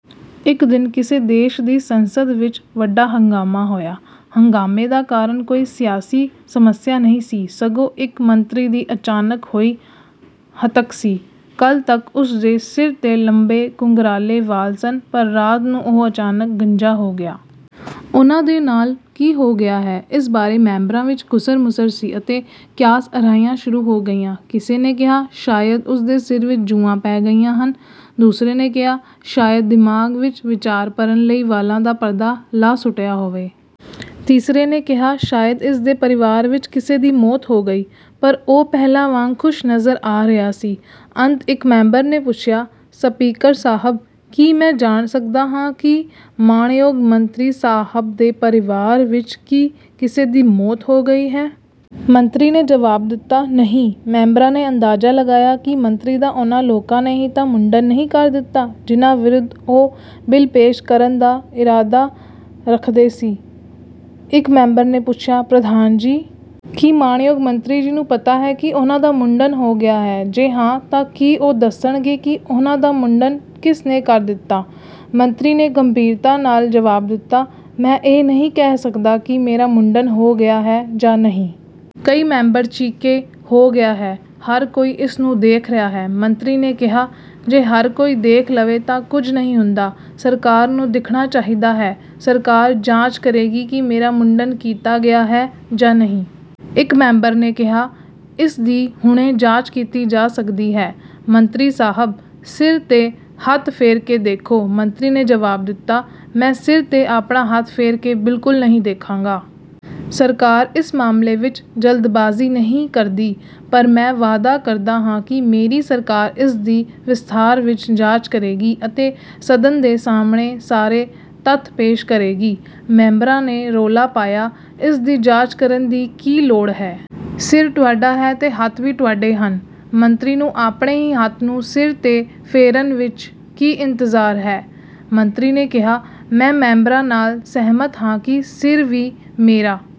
ਇੱਕ ਦਿਨ ਕਿਸੇ ਦੇਸ਼ ਦੀ ਸੰਸਦ ਵਿੱਚ ਵੱਡਾ ਹੰਗਾਮਾ ਹੋਇਆ। ਹੰਗਾਮੇ ਦਾ ਕਾਰਨ ਕੋਈ ਸਿਆਸੀ ਸਮੱਸਿਆ ਨਹੀਂ ਸੀ, ਸਗੋਂ ਇੱਕ ਮੰਤਰੀ ਦੀ ਅਚਾਨਕ ਹੋਈ "ਹੱਤਕ" ਸੀ। ਕੱਲ੍ਹ ਤੱਕ ਉਸ ਦੇ ਸਿਰ 'ਤੇ ਲੰਬੇ ਘੁੰਗਰਾਲੇ ਵਾਲ ਸਨ, ਪਰ ਰਾਤ ਨੂੰ ਉਹ ਅਚਾਨਕ ਗੰਜਾ ਹੋ ਗਿਆ। ਉਨ੍ਹਾਂ ਦੇ ਨਾਲ ਕੀ ਹੋ ਗਿਆ ਹੈ, ਇਸ ਬਾਰੇ ਮੈਂਬਰਾਂ ਵਿੱਚ ਘੁਸਰ-ਮੁਸਰ ਸੀ ਅਤੇ ਕਿਆਸ-ਅਰਾਈਆਂ ਸ਼ੁਰੂ ਹੋ ਗਈਆਂ। ਕਿਸੇ ਨੇ ਕਿਹਾ, "ਸ਼ਾਇਦ ਉਸ ਦੇ ਸਿਰ ਵਿੱਚ ਜੂੰਆਂ ਪੈ ਗਈਆਂ ਹਨ।" ਦੂਸਰੇ ਨੇ ਕਿਹਾ, "ਸ਼ਾਇਦ ਦਿਮਾਗ ਵਿੱਚ ਵਿਚਾਰ ਭਰਨ ਲਈ ਵਾਲਾਂ ਦਾ ਪਰਦਾ ਲਾਹ ਸੁੱਟਿਆ ਹੋਵੇ।" ਤੀਸਰੇ ਨੇ ਕਿਹਾ, "ਸ਼ਾਇਦ ਇਸ ਦੇ ਪਰਿਵਾਰ ਵਿੱਚ ਕਿਸੇ ਦੀ ਮੌਤ ਹੋ ਗਈ।" ਪਰ ਉਹ ਪਹਿਲਾਂ ਵਾਂਗ ਖੁਸ਼ ਨਜ਼ਰ ਆ ਰਿਹਾ ਸੀ। ਅੰਤ ਇੱਕ ਮੈਂਬਰ ਨੇ ਪੁੱਛਿਆ, "ਸਪੀਕਰ ਸਾਹਬ! ਕੀ ਮੈਂ ਜਾਣ ਸਕਦਾ ਹਾਂ ਕਿ ਮਾਣਯੋਗ ਮੰਤਰੀ ਸਾਹਿਬ ਦੇ ਪਰਿਵਾਰ ਵਿੱਚ ਕੀ ਕਿਸੇ ਦੀ ਮੌਤ ਹੋ ਗਈ ਹੈ?" ਮੰਤਰੀ ਨੇ ਜਵਾਬ ਦਿੱਤਾ, "ਨਹੀਂ।" ਮੈਂਬਰਾਂ ਨੇ ਅੰਦਾਜਾ ਲਗਾਇਆ ਕਿ ਮੰਤਰੀ ਦਾ ਉਨ੍ਹਾਂ ਲੋਕਾਂ ਨੇ ਹੀ ਤਾਂ ਮੁੰਡਨ ਨਹੀਂ ਕਰ ਦਿੱਤਾ ਜਿਨ੍ਹਾਂ ਵਿਰੁੱਧ ਉਹ ਬਿੱਲ ਪੇਸ਼ ਕਰਨ ਦਾ ਇਰਾਦਾ ਰੱਖਦੇ ਸੀ। ਇਕ ਮੈਂਬਰ ਨੇ ਪੁੱਛਿਆ, "ਪ੍ਰਧਾਨ ਜੀ! ਕੀ ਮਾਣਯੋਗ ਮੰਤਰੀ ਜੀ ਨੂੰ ਪਤਾ ਹੈ ਕਿ ਉਹਨਾਂ ਦਾ ਮੁੰਡਨ ਹੋ ਗਿਆ ਹੈ? ਜੇ ਹਾਂ, ਤਾਂ ਕੀ ਉਹ ਦੱਸਣਗੇ ਕਿ ਉਹਨਾਂ ਦਾ ਮੁੰਡਨ ਕਿਸ ਨੇ ਕਰ ਦਿੱਤਾ?" ਮੰਤਰੀ ਨੇ ਗੰਭੀਰਤਾ ਨਾਲ ਜਵਾਬ ਦਿੱਤਾ, "ਮੈਂ ਇਹ ਨਹੀਂ ਕਹਿ ਸਕਦਾ ਕਿ ਮੇਰਾ ਮੁੰਡਨ ਹੋ ਗਿਆ ਹੈ ਜਾਂ ਨਹੀਂ!" ਕਈ ਮੈਂਬਰ ਚੀਕੇ, "ਹੋ ਗਿਆ ਹੈ! ਹਰ ਕੋਈ ਇਸਨੂੰ ਦੇਖ ਰਿਹਾ ਹੈ।" ਮੰਤਰੀ ਨੇ ਕਿਹਾ, "ਜੇ ਹਰ ਕੋਈ ਦੇਖ ਲਵੇ ਤਾਂ ਕੁੱਝ ਨਹੀਂ ਹੁੰਦਾ। ਸਰਕਾਰ ਨੂੰ ਦਿਖਣਾ ਚਾਹੀਦਾ ਹੈ। ਸਰਕਾਰ ਜਾਂਚ ਕਰੇਗੀ ਕਿ ਮੇਰਾ ਮੁੰਡਨ ਕੀਤਾ ਗਿਆ ਹੈ ਜਾਂ ਨਹੀਂ।" ਇਕ ਮੈਂਬਰ ਨੇ ਕਿਹਾ, "ਇਸ ਦੀ ਹੁਣੇ ਜਾਂਚ ਕੀਤੀ ਜਾ ਸਕਦੀ ਹੈ। ਮੰਤਰੀ ਸਾਹਿਬ, ਸਿਰ 'ਤੇ ਹੱਥ ਫੇਰ ਕੇ ਦੇਖੋ।" ਮੰਤਰੀ ਨੇ ਜਵਾਬ ਦਿੱਤਾ, "ਮੈਂ ਸਿਰ 'ਤੇ ਆਪਣਾ ਹੱਥ ਫੇਰ ਕੇ ਬਿਲਕੁਲ ਨਹੀਂ ਦੇਖਾਂਗਾ। ਸਰਕਾਰ ਇਸ ਮਾਮਲੇ ਵਿੱਚ ਜਲਦਬਾਜ਼ੀ ਨਹੀਂ ਕਰਦੀ। ਪਰ ਮੈਂ ਵਾਅਦਾ ਕਰਦਾ ਹਾਂ ਕਿ ਮੇਰੀ ਸਰਕਾਰ ਇਸ ਦੀ ਵਿਸਥਾਰ ਵਿੱਚ ਜਾਂਚ ਕਰੇਗੀ ਅਤੇ ਸਦਨ ਦੇ ਸਾਹਮਣੇ ਸਾਰੇ ਤੱਥ ਪੇਸ਼ ਕਰੇਗੀ।" ਮੈਂਬਰਾਂ ਨੇ ਰੌਲਾ ਪਾਇਆ, "ਇਸ ਦੀ ਜਾਂਚ ਕਰਨ ਦੀ ਕੀ ਲੋੜ ਹੈ? ਸਿਰ ਤੁਹਾਡਾ ਹੈ ਤੇ ਹੱਥ ਵੀ ਤੁਹਾਡੇ ਹਨ। ਮੰਤਰੀ ਨੂੰ ਆਪਣੇ ਹੀ ਹੱਥ ਨੂੰ ਸਿਰ 'ਤੇ ਫੇਰਨ ਵਿੱਚ ਕੀ ਇਤਰਾਜ਼ ਹੈ?" ਮੰਤਰੀ ਨੇ ਕਿਹਾ, "ਮੈਂ ਮੈਂਬਰਾਂ ਨਾਲ ਸਹਿਮਤ ਹਾਂ ਕਿ ਸਿਰ ਵੀ ਮੇਰਾ